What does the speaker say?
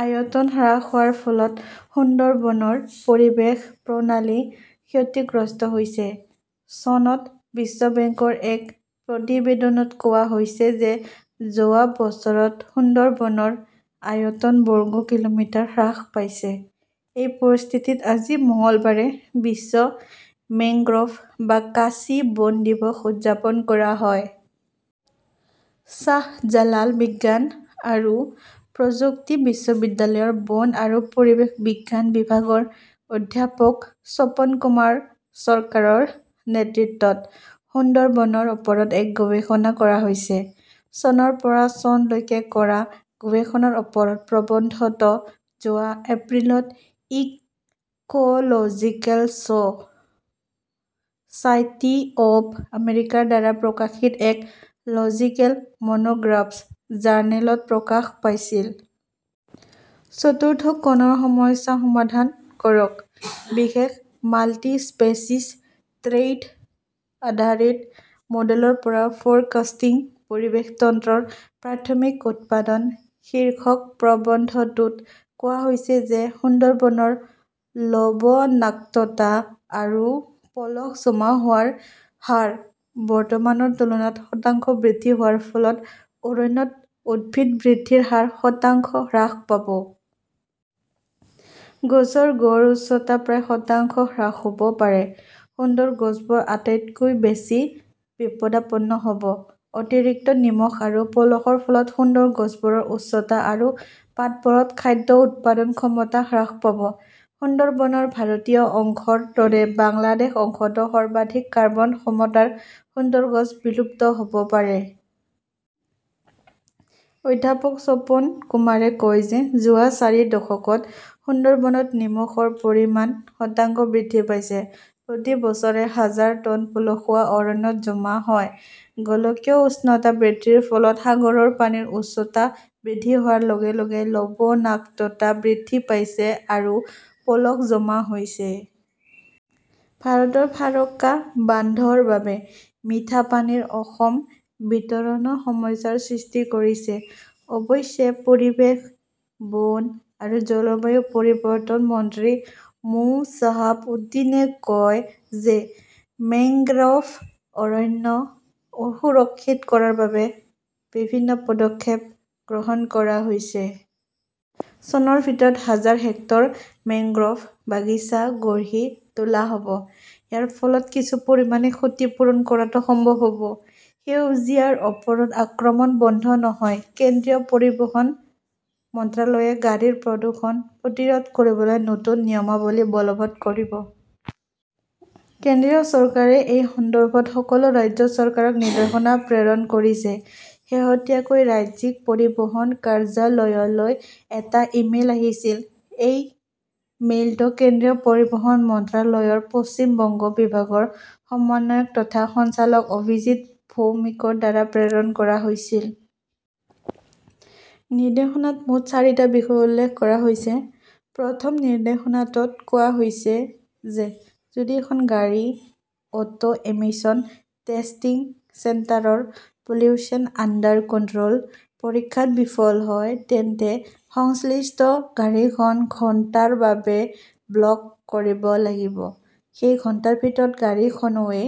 আয়তন হ্ৰাস হোৱাৰ ফলত সুন্দৰবনৰ পৰিৱেশ প্ৰণালী ক্ষতিগ্ৰস্ত হৈছে। চনত বিশ্ব বেংকৰ এক প্ৰতিবেদনত কোৱা হৈছে যে যোৱা বছৰত সুন্দৰবনৰ আয়তন বৰ্গ কিলোমিটাৰ হ্ৰাস পাইছে। এই পৰিস্থিতিত, আজি মঙলবাৰে বিশ্ব মেংগ্ৰোভ বা কাঁচি বন দিৱস উদযাপন কৰা হয়। শ্বাহজালাল বিজ্ঞান আৰু প্ৰযুক্তি বিশ্ববিদ্যালয়ৰ বন আৰু পৰিৱেশ বিজ্ঞান বিভাগৰ অধ্যাপক স্বপন কুমাৰ চৰকাৰৰ নেতৃত্বত সুন্দৰবনৰ ওপৰত এক গৱেষণা কৰা হৈছে। চনৰ পৰা ' চনলৈকে কৰা গৱেষণাৰ ওপৰত প্ৰবন্ধটো যোৱা এপ্ৰিলত "ecological society of আমেৰিকাৰ দ্বাৰা প্ৰকাশিত এক "লজিকেল মনোগ্ৰাফছ জাৰ্নেলত প্ৰকাশ পাইছিল। 'চতুৰ্থ কোণৰ সমস্যা সমাধান কৰকঃ বিশেষ মাল্টিস্পেচিছ ট্ৰেইট-আধাৰিত মডেলৰ পৰা ফৰকাষ্টিং পৰিৱেশ তন্ত্ৰৰ প্ৰাথমিক উৎপাদন "শীৰ্ষক প্ৰবন্ধটোত কোৱা হৈছে যে সুন্দৰবনৰ লবণাক্ততা আৰু পলস জমা হোৱাৰ হাৰ বৰ্তমানৰ তুলনাত শতাংশ বৃদ্ধি হোৱাৰ ফলত অৰণ্যত উদ্ভিদ বৃদ্ধিৰ হাৰ শতাংশ হ্ৰাস পাব। গছৰ গড় উচ্চতা প্ৰায় শতাংশ হ্ৰাস হ "ব পাৰে। সুন্দৰ গছবোৰ আটাইতকৈ বেছি বিপদাপন্ন হ 'ব। অতিৰিক্ত নিমখ আৰু পলসৰ ফলত সুন্দৰ গছবোৰৰ উচ্চতা আৰু পাতবোৰত খাদ্য উৎপাদন ক্ষমতা হ্ৰাস পাব। সুন্দৰবনৰ ভাৰতীয় অংশৰ দৰে বাংলাদেশ অংশতো সৰ্বাধিক কাৰ্বন ক্ষমতাৰ সুন্দৰ গছ বিলুপ্ত হ "ব পাৰে। অধ্যাপক স্বপন কুমাৰে কয় যে যোৱা চাৰি দশকত সুন্দৰবনত নিমখৰ পৰিমাণ শতাংশ বৃদ্ধি পাইছে। প্ৰতি বছৰে হাজাৰ টন পলসুৱা অৰণ্যত জমা হয়। গোলকীয় উষ্ণতা বৃদ্ধিৰ ফলত সাগৰৰ পানীৰ উচ্চতা বৃদ্ধি হোৱাৰ লগে লগে লবণাক্ততা বৃদ্ধি পাইছে আৰু পলস জমা হৈছে। ভাৰতৰ ফাৰক্কা বান্ধৰ বাবে মিঠা পানীৰ অসম বিতৰণো সমস্যাৰ সৃষ্টি কৰিছে। অৱশ্যে, পৰিৱেশ, বন আৰু জলবায়ু পৰিৱৰ্তন মন্ত্ৰী মো. শ্বাহাব উদ্দীনে কয় যে মেংগ্ৰোভ অৰণ্য সুৰক্ষিত কৰাৰ বাবে বিভিন্ন পদক্ষেপ গ্ৰহণ কৰা হৈছে। চনৰ ভিতৰত হাজাৰ হেক্টৰ মেংগ্ৰোভ বাগিচা গঢ়ি তোলা হ 'ব। ইয়াৰ ফলত কিছু পৰিমাণে ক্ষতি পূৰণ কৰাটো সম্ভৱ হ "ব। সেউজীয়াৰ ওপৰত আক্ৰমণ বন্ধ নহয় কেন্দ্ৰীয় পৰিবহণ মন্ত্ৰালয়ে গাড়ীৰ প্ৰদূষণ প্ৰতিৰোধ কৰিবলৈ নতুন নিয়মাৱলী বলৱৎ কৰিব। কেন্দ্ৰীয় চৰকাৰে এই সন্দৰ্ভত সকলো ৰাজ্য চৰকাৰক নিৰ্দেশনা প্ৰেৰণ কৰিছে। শেহতীয়াকৈ ৰাজ্যিক পৰিবহণ কাৰ্যালয়লৈ এটা ইমেইল আহিছিল। এই মেইলটো কেন্দ্ৰীয় পৰিবহণ মন্ত্ৰালয়ৰ পশ্চিম বংগ বিভাগৰ সমন্বয়ক তথা সঞ্চালক অভিজিৎ ভৌমিকৰ দ্বাৰা প্ৰেৰণ কৰা হৈছিল। নিৰ্দেশনাত মুঠ চাৰিটা বিষয় উল্লেখ কৰা হৈছে। প্ৰথম নিৰ্দেশনাটোত কোৱা হৈছে যে যদি এখন গাড়ী 'অটো এমিশন টেষ্টিং চেণ্টাৰ' ৰ 'পলিউশ্যন আণ্ডাৰ কণ্ট্ৰল' পৰীক্ষাত বিফল হয়, তেন্তে সংশ্লিষ্ট গাড়ীখন ঘণ্টাৰ বাবে ব্লক কৰিব লাগিব। সেই ঘণ্টাৰ ভিতৰত গাড়ীখনৱে